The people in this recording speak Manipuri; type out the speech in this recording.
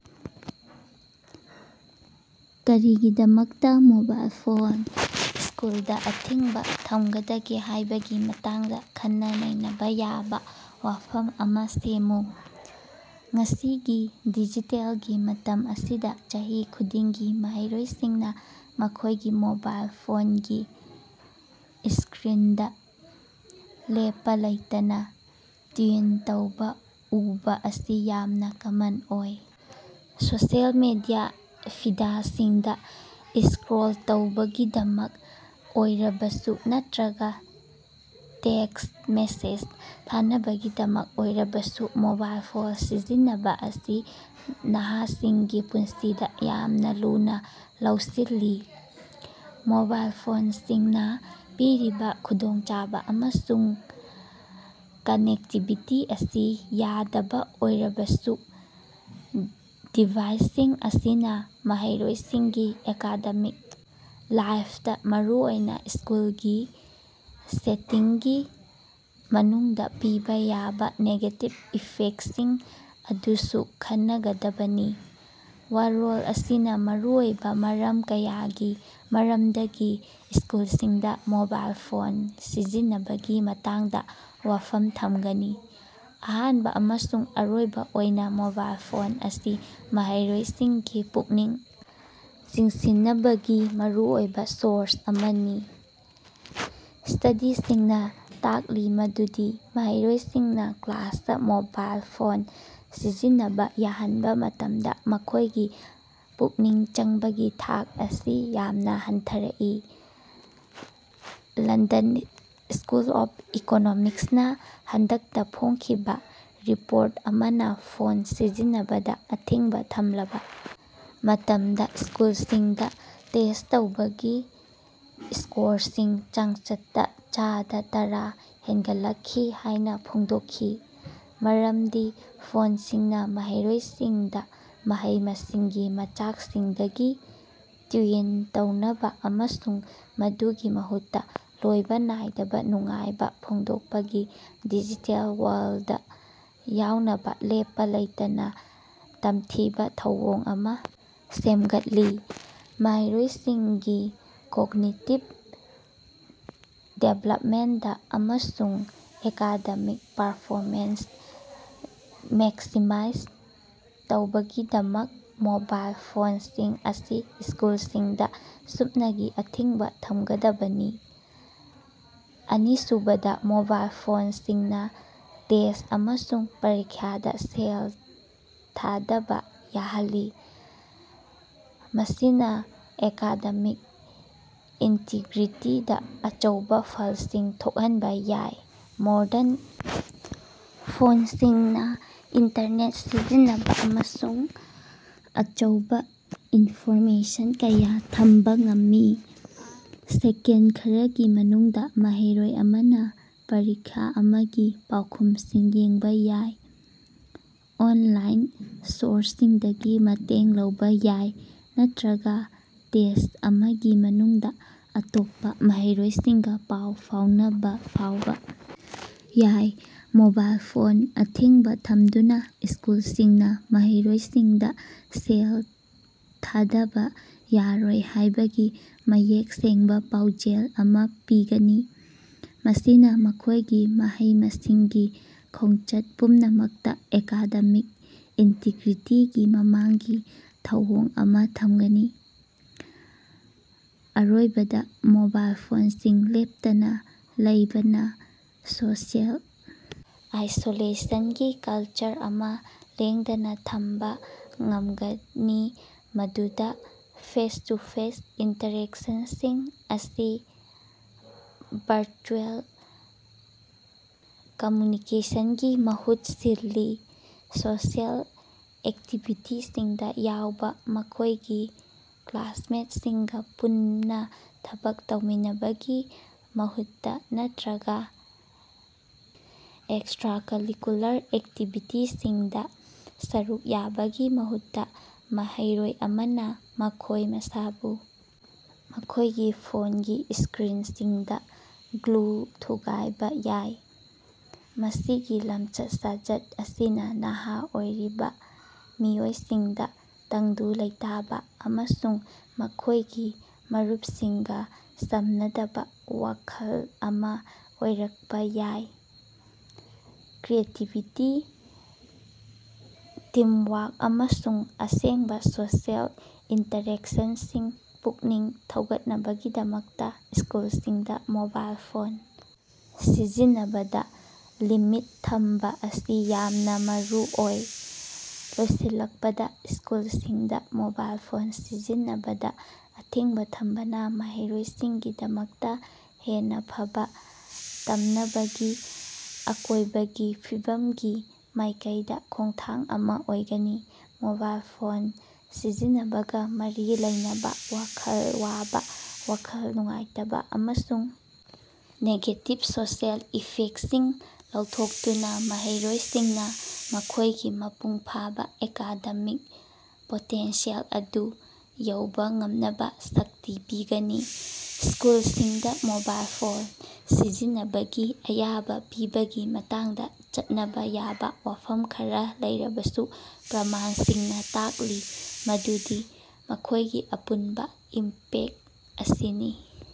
ꯀꯔꯤꯒꯤꯗꯃꯛꯇꯥ ꯃꯣꯕꯥꯏꯜ ꯐꯣꯟ ꯏꯁ꯭ꯀꯨꯜꯗꯥ ꯑꯊꯤꯡꯕꯥ ꯊꯝꯒꯗꯒꯦ ꯍꯥꯏꯕꯒꯤ ꯃꯇꯥꯡꯗ ꯈꯟꯅ-ꯅꯩꯅꯕꯥ ꯌꯥꯕ ꯋꯥꯐꯝ ꯑꯃ ꯁꯦꯝꯃꯨ꯫ ꯉꯁꯤꯒꯤ ꯗꯤꯖꯤꯇꯦꯜꯒꯤ ꯃꯇꯝ ꯑꯁꯤꯗ ꯆꯍꯤ ꯈꯨꯗꯤꯡꯒꯤ ꯃꯍꯩꯔꯣꯏꯁꯤꯡꯅ ꯃꯈꯣꯏꯒꯤ ꯃꯣꯕꯥꯏꯜ ꯐꯣꯟꯒꯤ ꯏꯁ꯭ꯀꯔꯤꯟꯗꯥ ꯂꯦꯞꯄꯥ ꯂꯩꯇꯅꯥ ꯇ꯭ꯌꯨꯟ ꯇꯧꯕꯥ ꯎꯕꯥ ꯑꯁꯤ ꯌꯥꯝꯅ ꯀꯃꯟ ꯑꯣꯏ꯫ ꯁꯣꯁꯤꯌꯦꯜ ꯃꯤꯗꯤꯌꯥ ꯐꯤꯗꯁꯤꯡꯗ ꯏꯁ꯭ꯀꯔꯣꯜ ꯇꯧꯕꯒꯤꯗꯃꯛ ꯑꯣꯏꯔꯕꯁꯨ ꯅꯠꯇ꯭ꯔꯒꯥ ꯇꯦꯛꯁ ꯃꯦꯁꯦꯖ ꯊꯥꯅꯕꯒꯤꯗꯃꯛ ꯑꯣꯏꯔꯕꯁꯨ ꯃꯣꯕꯥꯏꯜ ꯐꯣꯟ ꯁꯤꯖꯤꯟꯅꯕ ꯑꯁꯤ ꯅꯍꯥꯁꯤꯡꯒꯤ ꯄꯨꯟꯁꯤꯗ ꯌꯥꯝꯅ ꯂꯨꯅ ꯂꯧꯁꯤꯜꯂꯤ꯫ ꯃꯣꯕꯥꯏꯜ ꯐꯣꯟꯁꯤꯡꯅ ꯄꯤꯔꯤꯕ ꯈꯨꯗꯣꯡꯆꯥꯕꯥ ꯑꯃꯁꯨꯡ ꯀꯅꯦꯛꯇꯤꯕꯤꯇꯤ ꯑꯁꯤ ꯌꯥꯗꯕ ꯑꯣꯏꯔꯕꯁꯨ, ꯗꯤꯚꯥꯏꯁꯁꯤꯡ ꯑꯁꯤꯅ ꯃꯍꯩꯔꯣꯏꯁꯤꯡꯒꯤ ꯑꯦꯀꯥꯗꯦꯃꯤꯛ ꯂꯥꯏꯐꯇꯥ, ꯃꯔꯨꯑꯣꯏꯅ ꯏꯁ꯭ꯀꯨꯜꯒꯤ ꯁꯦꯇꯤꯡꯒꯤ ꯃꯅꯨꯡꯗ ꯄꯤꯕ ꯌꯥꯕ ꯅꯦꯒꯦꯇꯤꯚ ꯏꯐꯦꯛꯇꯁꯤꯡ ꯑꯗꯨꯁꯨ ꯈꯟꯒꯗꯕꯅꯤ꯫ ꯋꯥꯔꯣꯜ ꯑꯁꯤꯅ ꯃꯔꯨꯑꯣꯏꯕ ꯃꯔꯝ ꯀꯌꯥꯒꯤ ꯃꯔꯝꯗꯒꯤ ꯏꯁ꯭ꯀꯨꯜꯁꯤꯡꯗ ꯃꯣꯕꯥꯏꯜ ꯐꯣꯟ ꯁꯤꯖꯤꯟꯅꯕꯒꯤ ꯃꯇꯥꯡꯗ ꯋꯥꯐꯝ ꯊꯝꯒꯅꯤ꯫ ꯑꯍꯥꯟꯕ ꯑꯃꯁꯨꯡ ꯑꯔꯣꯏꯕ ꯑꯣꯏꯅ ꯃꯣꯕꯥꯏꯜ ꯐꯣꯟ ꯑꯁꯤ ꯃꯍꯩꯔꯣꯏꯁꯤꯡꯒꯤ ꯄꯨꯛꯅꯤꯡ ꯆꯤꯡꯁꯤꯟꯕꯒꯤ ꯃꯔꯨꯑꯣꯏꯕ ꯁꯣꯔꯁ ꯑꯃꯅꯤ꯫ ꯏꯁ꯭ꯇꯗꯤꯁꯤꯡꯅ ꯇꯥꯛꯂꯤ ꯃꯗꯨꯗꯤ ꯃꯍꯩꯔꯣꯏꯁꯤꯡꯅ ꯀ꯭ꯂꯥꯁꯇꯥ ꯃꯣꯕꯥꯏꯜ ꯐꯣꯟ ꯁꯤꯖꯤꯟꯅꯕ ꯌꯥꯍꯟꯕ ꯃꯇꯝꯗ ꯃꯈꯣꯏꯒꯤ ꯄꯨꯛꯅꯤꯡ ꯆꯪꯕꯒꯤ ꯊꯥꯛ ꯑꯁꯤ ꯌꯥꯝꯅ ꯍꯟꯊꯔꯛꯏ꯫ ꯂꯟꯗꯟ ꯏꯁ꯭ꯀꯨꯜ ꯑꯣꯐ ꯏꯀꯣꯅꯣꯃꯤꯛꯁꯅ ꯍꯟꯗꯛꯇ ꯐꯣꯡꯈꯤꯕ ꯔꯤꯄꯣꯔꯠ ꯑꯃꯅ ꯐꯣꯟ ꯁꯤꯖꯤꯟꯅꯕꯗ ꯑꯊꯤꯡꯕ ꯊꯝꯂꯕ ꯃꯇꯝꯗ ꯁ꯭ꯀꯨꯜꯁꯤꯡꯗ ꯇꯦꯁ ꯇꯧꯕꯒꯤ ꯏꯁ꯭ꯀꯣꯔꯁꯤꯡ ꯆꯥꯡꯆꯠꯇꯥ ꯆꯥꯗ ꯇꯔꯥ ꯍꯦꯟꯒꯠꯂꯛꯈꯤ ꯍꯥꯏꯅ ꯐꯣꯡꯗꯣꯛꯈꯤ꯫ ꯃꯔꯝꯗꯤ ꯐꯣꯟꯁꯤꯡꯅ ꯃꯍꯩꯔꯣꯏꯁꯤꯡꯗ ꯃꯍꯩ-ꯃꯁꯤꯡꯒꯤ ꯃꯆꯥꯛꯁꯤꯡꯗꯒꯤ ꯇ꯭ꯌꯨꯟ ꯇꯧꯅꯕꯥ ꯑꯃꯁꯨꯡ ꯃꯗꯨꯒꯤ ꯃꯍꯨꯠꯇ ꯂꯣꯏꯕ ꯅꯥꯏꯗꯕ ꯅꯨꯡꯉꯥꯏꯕ ꯐꯣꯡꯗꯣꯛꯄꯒꯤ ꯗꯤꯖꯤꯇꯦꯜ ꯋꯥꯔꯜꯗꯇ ꯌꯥꯎꯅꯕ ꯂꯦꯞꯄꯥ ꯂꯩꯇꯅ ꯇꯝꯊꯤꯕ ꯊꯧꯑꯣꯡ ꯑꯃ ꯁꯦꯝꯒꯠꯂꯤ꯫ ꯃꯍꯩꯔꯣꯏꯁꯤꯡꯒꯤ ꯀꯣꯒꯅꯤꯇꯤꯕ ꯗꯤꯚꯦꯂꯞꯃꯦꯟꯇꯥ ꯑꯃꯁꯨꯡ ꯑꯦꯀꯥꯗꯦꯃꯤꯛ ꯄꯔꯐꯣꯃꯦꯟꯁ ꯃꯦꯛꯁꯤꯃꯥꯏꯖ ꯇꯧꯅꯕꯒꯤꯗꯃꯛ, ꯃꯣꯕꯥꯏꯜ ꯐꯣꯟꯁꯤꯡ ꯑꯁꯤ ꯁ꯭ꯀꯨꯜꯁꯤꯡꯗ ꯁꯨꯞꯅꯒꯤ ꯑꯊꯤꯡꯕ ꯊꯝꯒꯗꯕꯅꯤ꯫ ꯑꯅꯤꯁꯨꯕꯗ, ꯃꯣꯕꯥꯏꯜ ꯐꯣꯟꯁꯤꯡꯅ ꯇꯦꯁ ꯑꯃꯁꯨꯡ ꯄꯔꯤꯈꯥꯗ ꯁꯦꯜ ꯊꯥꯗꯕ ꯌꯥꯍꯜꯂꯤ, ꯃꯁꯤꯅ ꯑꯦꯀꯥꯗꯦꯃꯤꯛ ꯏꯟꯇꯤꯒ꯭ꯔꯤꯇꯤꯗ ꯑꯆꯧꯕ ꯐꯜꯁꯤꯡ ꯊꯣꯛꯍꯟꯕ ꯌꯥꯏ꯫ ꯃꯣꯗꯔꯟ ꯐꯣꯟꯁꯤꯡꯅ ꯏꯟꯇꯔꯅꯦꯠ ꯁꯤꯖꯤꯟꯅꯕ ꯑꯃꯁꯨꯡ ꯑꯆꯧꯕ ꯏꯅꯐꯣꯔꯃꯦꯁꯟ ꯀꯌꯥ ꯊꯝꯕ ꯉꯝꯃꯤ꯫ ꯁꯦꯀꯦꯟꯗ ꯈꯔꯒꯤ ꯃꯅꯨꯡꯗ ꯃꯍꯩꯔꯣꯏ ꯑꯃꯅ ꯄꯔꯤꯈꯥ ꯑꯃꯒꯤ ꯄꯥꯎꯈꯨꯝꯁꯤꯡ ꯌꯦꯡꯕ ꯌꯥꯏ, ꯑꯣꯟꯂꯥꯏꯟ ꯁꯣꯔꯁꯁꯤꯡꯗꯒꯤ ꯃꯇꯦꯡ ꯂꯧꯕ ꯌꯥꯏ ꯅꯠꯇ꯭ꯔꯒꯥ ꯇꯦꯁ ꯑꯃꯒꯤ ꯃꯅꯨꯡꯗ ꯑꯇꯣꯞꯄꯥ ꯃꯍꯩꯔꯣꯏꯁꯤꯡꯒ ꯄꯥꯎ ꯐꯥꯎꯅꯕ ꯐꯥꯎꯕ ꯌꯥꯏ꯫ ꯃꯣꯕꯥꯏꯜ ꯐꯣꯟ ꯑꯊꯤꯡꯕ ꯊꯝꯗꯨꯅ ꯁ꯭ꯀꯨꯜꯁꯤꯡꯅ ꯃꯍꯩꯔꯣꯏꯁꯤꯡꯗ ꯁꯦꯜ ꯊꯥꯗꯕ ꯌꯥꯔꯣꯏ ꯍꯥꯏꯕꯒꯤ ꯃꯌꯦꯛ ꯁꯦꯡꯕꯥ ꯄꯥꯎꯖꯦꯜ ꯑꯃꯥ ꯄꯤꯒꯅꯤ, ꯃꯁꯤꯅ ꯃꯈꯣꯏꯒꯤ ꯃꯍꯩ-ꯃꯁꯤꯡꯒꯤ ꯈꯣꯡꯆꯠ ꯄꯨꯝꯅꯃꯛꯇꯥ ꯑꯦꯀꯥꯗꯦꯃꯤꯛ ꯏꯟꯇꯤꯒ꯭ꯔꯤꯇꯤꯒꯤ ꯃꯃꯥꯡꯒꯤ ꯊꯧꯑꯣꯡ ꯑꯃ ꯊꯝꯒꯅꯤ꯫ ꯑꯔꯣꯏꯕꯗ, ꯃꯣꯕꯥꯏꯜ ꯐꯣꯟꯁꯤꯡ ꯂꯦꯞꯇꯅꯥ ꯂꯩꯕꯅ ꯁꯣꯁꯤꯑꯦꯜ ꯑꯥꯏꯁꯣꯂꯦꯁꯟꯒꯤ ꯀꯜꯆꯔ ꯑꯃ ꯂꯦꯡꯗꯅ ꯊꯝꯕ ꯉꯝꯒꯅꯤ ꯃꯗꯨꯗ ꯐꯦꯁ-ꯇꯨ-ꯐꯦꯁ ꯏꯟꯇꯔꯦꯛꯁꯟꯁꯤꯡ ꯑꯁꯤ ꯚꯔꯆꯨꯑꯦꯜ ꯀꯝꯃꯌꯨꯅꯤꯀꯦꯁꯟꯒꯤ ꯃꯍꯨꯠ ꯁꯤꯜꯂꯤ꯫ ꯁꯣꯁꯤꯑꯦꯜ ꯑꯦꯛꯇꯤꯚꯤꯇꯤꯁꯤꯡꯗ ꯌꯥꯎꯕ, ꯃꯈꯣꯏꯒꯤ ꯀ꯭ꯂꯥꯁꯃꯦꯇꯁꯤꯡꯒ ꯄꯨꯟꯅ ꯊꯕꯛ ꯇꯧꯃꯤꯟꯅꯕꯒꯤ ꯃꯍꯨꯠꯇꯥ ꯅꯠꯇ꯭ꯔꯒ ꯑꯦꯛꯁꯇꯔꯥꯀꯔꯤꯀꯨꯂꯔ ꯑꯦꯛꯇꯤꯚꯤꯇꯤꯁꯤꯡꯗ ꯁꯔꯨꯛ ꯌꯥꯕꯒꯤ ꯃꯍꯨꯠꯇ, ꯃꯍꯩꯔꯣꯏ ꯑꯃꯅ ꯃꯈꯣꯏ ꯃꯁꯥꯕꯨ ꯃꯈꯣꯏꯒꯤ ꯐꯣꯟꯒꯤ ꯏꯁ꯭ꯀꯔꯤꯟꯁꯤꯡꯗ ꯒ꯭ꯂꯨ ꯊꯨꯒꯥꯏꯕ ꯌꯥꯏ꯫ ꯃꯁꯤꯒꯤ ꯂꯝꯆꯠ-ꯁꯥꯖꯠ ꯑꯁꯤꯅ ꯅꯍꯥ ꯑꯣꯏꯔꯤꯕ ꯃꯤꯑꯣꯏꯁꯤꯡꯗ ꯇꯪꯗꯨ ꯂꯩꯇꯥꯕ ꯑꯃꯁꯨꯡ ꯃꯈꯣꯏꯒꯤ ꯃꯔꯨꯞꯁꯤꯡꯒ ꯁꯝꯅꯗꯕ ꯋꯥꯈꯜ ꯑꯃꯥ ꯑꯣꯏꯔꯛꯄꯥ ꯌꯥꯏ꯫ ꯀ꯭ꯔꯤꯌꯦꯇꯤꯕꯤꯇꯤ, ꯇꯤꯝꯋꯥꯔꯛ ꯑꯃꯁꯨꯡ ꯑꯁꯦꯡꯕ ꯁꯣꯁꯤꯑꯦꯜ ꯏꯟꯇꯔꯦꯛꯁꯟꯁꯤꯡ ꯄꯨꯛꯅꯤꯡ ꯊꯧꯒꯠꯅꯕꯒꯤꯗꯃꯛꯇꯥ ꯏꯁ꯭ꯀꯨꯜꯁꯤꯡꯗ ꯃꯣꯕꯥꯏꯜ ꯐꯣꯟ ꯁꯤꯖꯤꯟꯅꯕꯗ ꯂꯤꯃꯤꯠ ꯊꯝꯕ ꯑꯁꯤ ꯌꯥꯝꯅ ꯃꯔꯨꯑꯣꯏ꯫ ꯂꯣꯏꯁꯤꯜꯂꯛꯄꯗ, ꯏꯁ꯭ꯀꯨꯜꯁꯤꯡꯗ ꯃꯣꯕꯥꯏꯜ ꯐꯣꯟ ꯁꯤꯖꯤꯟꯅꯕꯗ ꯑꯊꯤꯡꯕ ꯊꯝꯕꯅ ꯃꯍꯩꯔꯣꯏꯁꯤꯡꯒꯤꯗꯃꯛꯇꯥ ꯍꯦꯟꯅ ꯐꯕ ꯇꯝꯅꯕꯒꯤ ꯑꯀꯣꯏꯕꯒꯤ ꯐꯤꯕꯝꯒꯤ ꯃꯥꯏꯀꯩꯗ ꯈꯣꯡꯊꯥꯡ ꯑꯃ ꯑꯣꯏꯒꯅꯤ꯫ ꯃꯣꯕꯥꯏꯜ ꯐꯣꯟ ꯁꯤꯖꯤꯟꯅꯕꯒ ꯃꯔꯤ ꯂꯩꯅꯕ ꯋꯥꯈꯜ ꯋꯥꯕ, ꯋꯥꯈꯜ ꯅꯨꯡꯉꯥꯏꯇꯕ ꯑꯃꯁꯨꯡ ꯅꯦꯒꯦꯇꯤꯕ ꯁꯣꯁꯤꯑꯦꯜ ꯏꯐꯦꯛꯇꯁꯤꯡ ꯂꯧꯊꯣꯛꯇꯨꯅ ꯃꯍꯩꯔꯣꯏꯁꯤꯡꯅ ꯃꯈꯣꯏꯒꯤ ꯃꯄꯨꯡ ꯐꯥꯕ ꯑꯦꯀꯥꯗꯦꯃꯤꯛ ꯄꯣꯇꯦꯟꯁꯤꯌꯦꯜ ꯑꯗꯨ ꯌꯧꯕ ꯉꯝꯅꯕ ꯁꯛꯇꯤ ꯄꯤꯒꯅꯤ꯫ ꯏꯁ꯭ꯀꯨꯜꯁꯤꯡꯗ ꯃꯣꯕꯥꯏꯜ ꯐꯣꯟ ꯁꯤꯖꯤꯟꯅꯕꯒꯤ ꯑꯌꯥꯕ ꯄꯤꯕꯒꯤ ꯃꯇꯥꯡꯗ ꯆꯠꯅꯕ ꯌꯥꯕ ꯋꯥꯐꯝ ꯈꯔꯥ ꯂꯩꯔꯕꯁꯨ, ꯄ꯭ꯔꯃꯥꯟꯁꯤꯡꯅ ꯇꯥꯛꯂꯤ ꯃꯗꯨꯗꯤ ꯃꯈꯣꯏꯒꯤ ꯑꯄꯨꯟꯕ ꯏꯝꯄꯦꯛꯇ ꯑꯁꯤꯅꯤ꯫